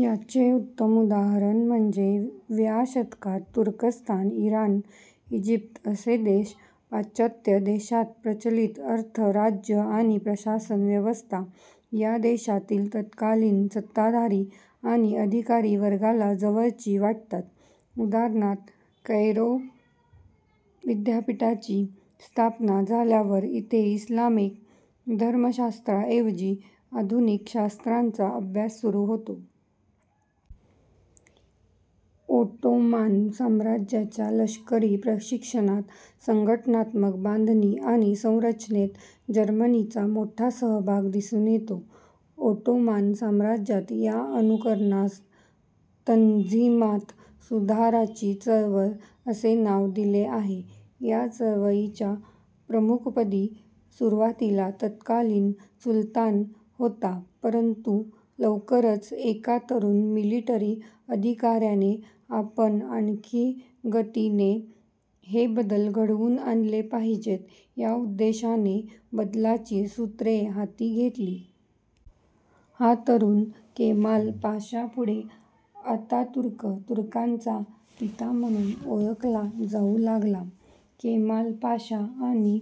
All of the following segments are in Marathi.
याचे उत्तम उदाहरण म्हणजे व्या शतकात तुर्कस्तान, इराण, इजिप्त असे देश. पाश्चात्य देशांत प्रचलित अर्थ- राज्य आणि प्रशासन व्यवस्था या देशांतील तत्कालीन सत्ताधारी आणि अधिकारी वर्गाला जवळची वाटतात. उदा कैरो विद्यापीठाची स्थापना झाल्यावर इथे इस्लामिक धर्मशास्त्राऐवजी आधुनिक शास्त्रांचा अभ्यास सुरु होतो. ओटोमान साम्रज्याच्या लष्करी प्रशिक्षणात, संघटनात्मक बांधणी आणि संरचनेत जर्मनीचा मोठा सहभाग दिसून येतो. ओटोमान साम्राज्यात या अनुकरनास तन्झीमात- सुधाराची चळवळ असे नाव दिले आहे. या चळवळीच्या प्रमुखपदी सुरुवातीला तत्कालीन सुलतान होता परंतु लवकरच एका तरुण मिलिटरी अधिकाऱ्याने आपण आणखी गतीने हे बदल घडवून आणले पाहिजेत या उद्देशाने बदलाची सूत्रे हाती घेतली. हा तरुण, केमाल पाशा पुढे अतातुर्क तुर्कांचा पिता म्हणून ओळखला जाऊ लागला. केमाल पाशा आणि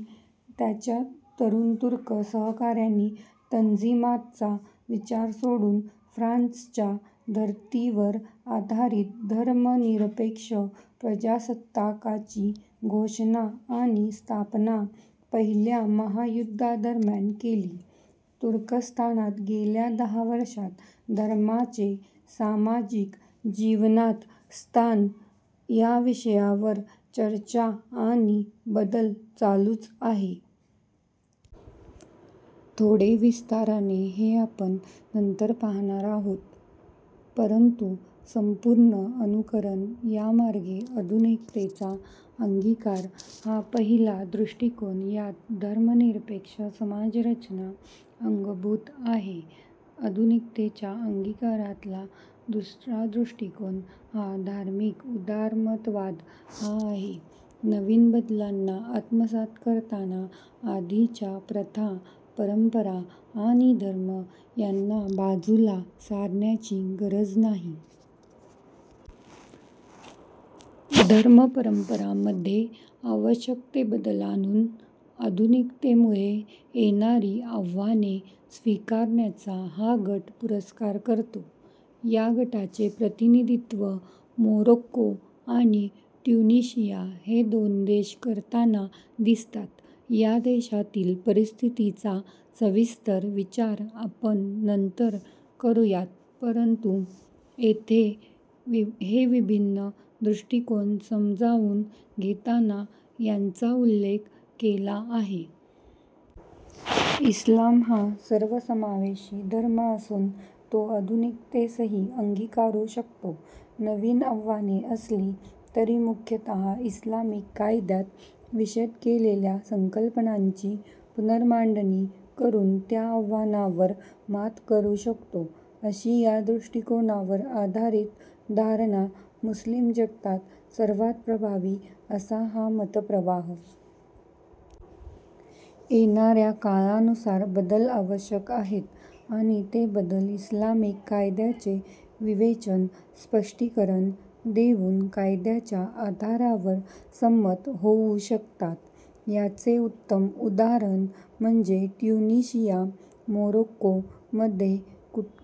त्याच्या तरुणतुर्क सहकाऱ्यांनी तन्झीमातचा विचार सोडून फ्रान्सच्या धर्तीवर आधारित धर्मनिरपेक्ष प्रजासत्ताकाची घोषणा आणि स्थापना पहिल्या महायुद्धादरम्यान केली. तुर्कस्थानात गेल्या दहा वर्षात धर्माचे सामाजिक जीवनात स्थान या विषयावर चर्चा आणि बदल चालूच आहे. थोडे विस्ताराने हे आपण नंतर पाहणार आहोत. परंतु संपूर्ण अनुकरण यामार्गे आधुनिकतेचा अंगीकार हा पहिला दृष्टीकोन यात धर्मनिरपेक्ष समाजरचना अंगभूत आहे. आधुनिकतेच्या अंगीकारातला दुसरा दृष्टीकोन हा धार्मिक उदारमतवाद हा आहे. नवीन बदलांना आत्मसात करताना आधीच्या प्रथा, परंपरा आणि धर्म यांना बाजूला सारण्याची गरज नाही. धर्मपरंपरांमध्ये आवश्यक ते बदल आणून आधुनिकतेमुळे येणारी आव्हाने स्वीकारण्याचा हा गट पुरस्कार करतो. या गटाचे प्रतिनिधित्व मोरोक्को आणि ट्युनिशिया हे देश करताना दिसतात. या देशांतील परिस्थितीचा सविस्तर विचार आपण नंतर करुयात परंतु येथे हे विभिन्न दृष्टीकोन समजाऊन घेताना यांचा उल्लेख केला आहे. इस्लाम हा सर्वसमावेशी धर्म असून तो आधुनिकतेसही अंगिकारू शकतो, नवीन आव्हाने असली तरी मुख्यतः इस्लामिक कायद्यात विशद केलेल्या संकल्पनांची पुनर्मांडणी करून त्या आव्हानांवर मात करू शकतो अशी या दृष्टिकोनावर आधारित धारणा. मुस्लिमजगतात सर्वात प्रभावी असा हा मतप्रवाह. येणाऱ्या काळानुसार बदल आवश्यक आहेत आणि ते बदल इस्लामिक कायद्याचे विवेचन, स्पष्टीकरण देऊन कायद्याच्या आधारावर संमत होऊ शकतात. याचे उत्तम उदाहरण म्हणजे ट्युनिशिया, मोरोक्को मध्ये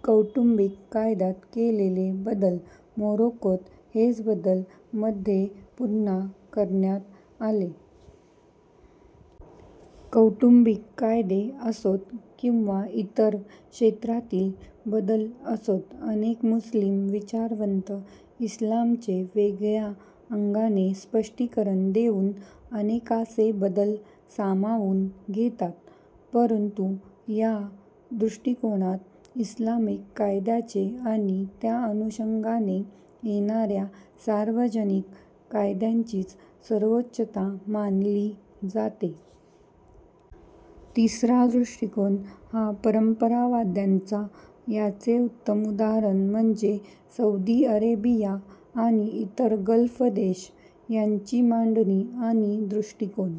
कौटुंबिक कायद्यात केलेले बदल. मोरोक्कोत हेच बदल मध्ये पुन्हा करण्यात आले. कौटुंबिक कायदे असोत किंवा इतर क्षेत्रातील बदल असोत अनेक मुस्लिम विचारवंत इस्लामचे वेगळ्या अंगाने स्पष्टीकरण देऊन अनेकासे बदल सामावून घेतात. परंतु या दृष्टीकोनात इस्लामिक कायद्याचे आणि त्या अनुषंगाने येणाऱ्या सार्वजनिक कायद्यांचीच सर्वोच्चता मानली जाते. तिसरा दृष्टीकोन हा परम्परावाद्यांचा, याचे उत्तम उदाहरण म्हणजे सौदी अरेबिया आणि इतर गल्फ देश. यांची मांडणी आणि दृष्टीकोन